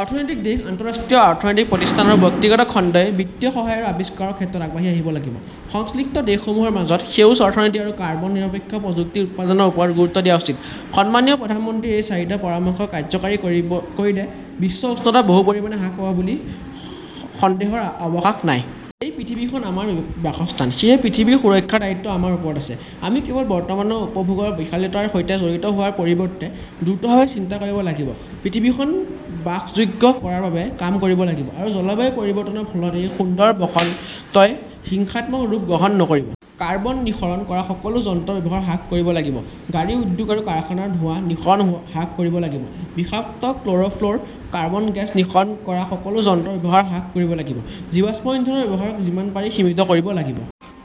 অৰ্থনৈতিক দেশ, আন্তঃৰাষ্ট্ৰীয় অৰ্থনৈতিক প্ৰতিষ্ঠান আৰু ব্যক্তিগত খণ্ডই বিত্তীয় সহায় আৰু আৱিষ্কাৰৰ ক্ষেত্ৰত আগবাঢ়ি আহিব লাগিব। সংশ্লিষ্ট দেশসমূহৰ মাজত সেউজ অৰ্থনীতি আৰু কাৰ্বন-নিৰপেক্ষ প্ৰযুক্তি উৎপাদনৰ ওপৰত গুৰুত্ব দিয়া উচিত। সন্মানীয় প্ৰধানমন্ত্ৰীৰ এই চাৰিটা পৰামৰ্শ কাৰ্যকৰী কৰিলে বিশ্ব উষ্ণতা বহু পৰিমাণে হ্ৰাস পাব বুলি সন্দেহৰ অৱকাশ নাই। এই পৃথিৱীখন আমাৰ বাসস্থান। সেয়েহে পৃথিৱীৰ সুৰক্ষাৰ দায়িত্বও আমাৰ ওপৰত আছে। আমি কেৱল বৰ্তমানৰ উপভোগৰ বিলাসিতাৰ সৈতে জড়িত হোৱাৰ পৰিৱৰ্তে দ্ৰুতভাৱে চিন্তা কৰিব লাগিব। পৃথিৱীখন বাসযোগ্য কৰাৰ বাবে কাম কৰিব লাগিব আৰু জলবায়ু পৰিৱৰ্তনৰ ফলত এই সুন্দৰ বসন্তই হিংসাত্মক ৰূপ গ্ৰহণ নকৰিব। কাৰ্বন নিঃসৰণ কৰা সকলো যন্ত্ৰৰ ব্যৱহাৰ হ্ৰাস কৰিব লাগিব। গাড়ী, উদ্যোগ আৰু কাৰখানাৰ ধোঁৱা নিঃসৰণ হ্ৰাস কৰিব লাগিব। বিষাক্ত ক্ল'ৰ'-ফ্ল'ৰ, কাৰ্বন গেছ নিঃসৰণ কৰা সকলো যন্ত্ৰৰ ব্যৱহাৰ হ্ৰাস কৰিব লাগিব। জীৱাশ্ম ইন্ধনৰ ব্যৱহাৰ যিমান পাৰি সীমিত কৰিব লাগিব।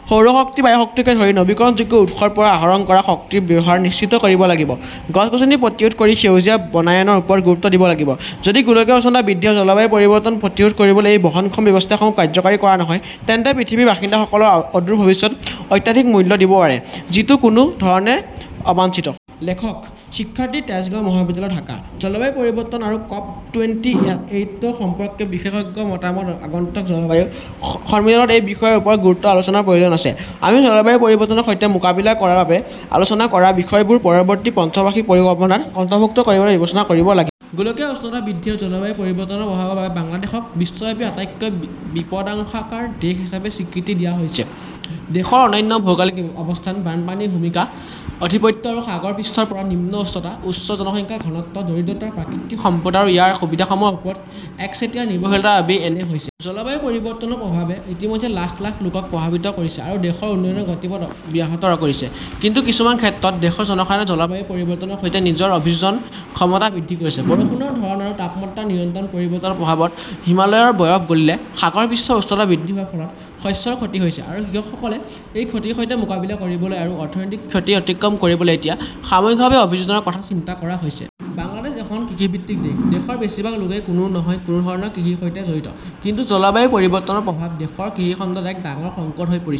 সৌৰ শক্তি, বায়ু শক্তিকে ধৰি নৱীকৰণযোগ্য উৎসৰ পৰা আহৰণ কৰা শক্তিৰ ব্যৱহাৰ নিশ্চিত কৰিব লাগিব। গছ-গছনি প্ৰতিৰোধ কৰি সেউজীয়া বনায়নৰ ওপৰত গুৰুত্ব দিব লাগিব। যদি গোলকীয় উষ্ণতা বৃদ্ধি আৰু জলবায়ু পৰিৱৰ্তন প্ৰতিৰোধ কৰিবলৈ এই বহনক্ষম ব্যৱস্থাসমূহ কাৰ্যকৰী কৰা নহয়, তেন্তে পৃথিৱীৰ বাসিন্দাসকলে অদূৰ ভৱিষ্যতে অত্যাধিক মূল্য দিব পাৰে, যিটো কোনো ধৰণে অবাঞ্ছিত। লেখকঃ শিক্ষাৰ্থী, তেজগাঁও মহাবিদ্যালয়, ঢাকা। জলবায়ু পৰিৱৰ্তন আৰু ক'প টুৱেন্টি এইট সম্পৰ্কে বিশেষজ্ঞসকলৰ মতামত। আগন্তুক জলবায়ু সন্মিলনত এই বিষয়সমূহৰ ওপৰত গুৰুত্বপূৰ্ণ আলোচনাৰ প্ৰয়োজন আছে। আমি জলবায়ু পৰিৱৰ্তনৰ সৈতে মোকাবিলা কৰাৰ বাবে আলোচনা কৰা বিষয়বোৰ পৰৱৰ্তী পঞ্চবাৰ্ষিক পৰিকল্পনাত অন্তৰ্ভুক্ত কৰিবলৈ বিবেচনা কৰিব লাগিব। গোলকীয় উষ্ণতা বৃদ্ধি আৰু জলবায়ু পৰিৱৰ্তনৰ প্ৰভাৱৰ বাবে বাংলাদেশক বিশ্বব্যাপী আটাইতকৈ বিপদাশংকাৰ দেশ হিচাপে স্বীকৃতি দিয়া হৈছে। দেশৰ অনন্য ভৌগোলিক অৱস্থান, বানপানীৰ ভূমিৰ আধিপত্য আৰু সাগৰ পৃষ্ঠৰ পৰা নিম্ন উচ্চতা, উচ্চ জনসংখ্যাৰ ঘনত্ব, দৰিদ্ৰতা, প্ৰাকৃতিক সম্পদ আৰু ইয়াৰ সুবিধাসমূহৰ ওপৰত একচেটিয়া নিৰ্ভৰশীলতাৰ বাবেই এনে হৈছে। জলবায়ু পৰিৱৰ্তনৰ প্ৰভাৱে ইতিমধ্যে লাখ লাখ লোকক প্ৰভাৱিত কৰিছে আৰু দেশৰ উন্নয়নৰ গতিপথ ব্যাহত কৰিছে। কিন্তু কিছুমান ক্ষেত্ৰত দেশৰ জনসাধাৰণে জলবায়ু পৰিৱৰ্তনৰ সৈতে নিজৰ অভিযোজন ক্ষমতা বৃদ্ধি কৰিছে। বৰষুণৰ ধৰণ আৰু তাপমাত্ৰাৰ নিৰন্তৰ পৰিৱৰ্তনৰ প্ৰভাৱত হিমালয়ৰ বৰফ গলিলে, সাগৰ পৃষ্ঠৰ উচ্চতা বৃদ্ধি হোৱাৰ ফলত, শস্যৰ ক্ষতি হৈছে আৰু কৃষকসকলে এই ক্ষতিৰ সৈতে মোকাবিলা কৰিবলৈ আৰু অৰ্থনৈতিক ক্ষতি অতিক্ৰম কৰিবলৈ এতিয়া সামূহিকভাৱে অভিযোজনৰ কথা চিন্তা কৰা হৈছে। বাংলাদেশ এখন কৃষিভিত্তিক দেশ। দেশৰ বেছিভাগ লোক কোনো নহয় কোনো ধৰণে কৃষিৰ সৈতে জড়িত। কিন্তু জলবায়ু পৰিৱৰ্তনৰ প্ৰভাৱ দেশৰ কৃষি খণ্ডত এক ডাঙৰ সংকট হৈ পৰিছে।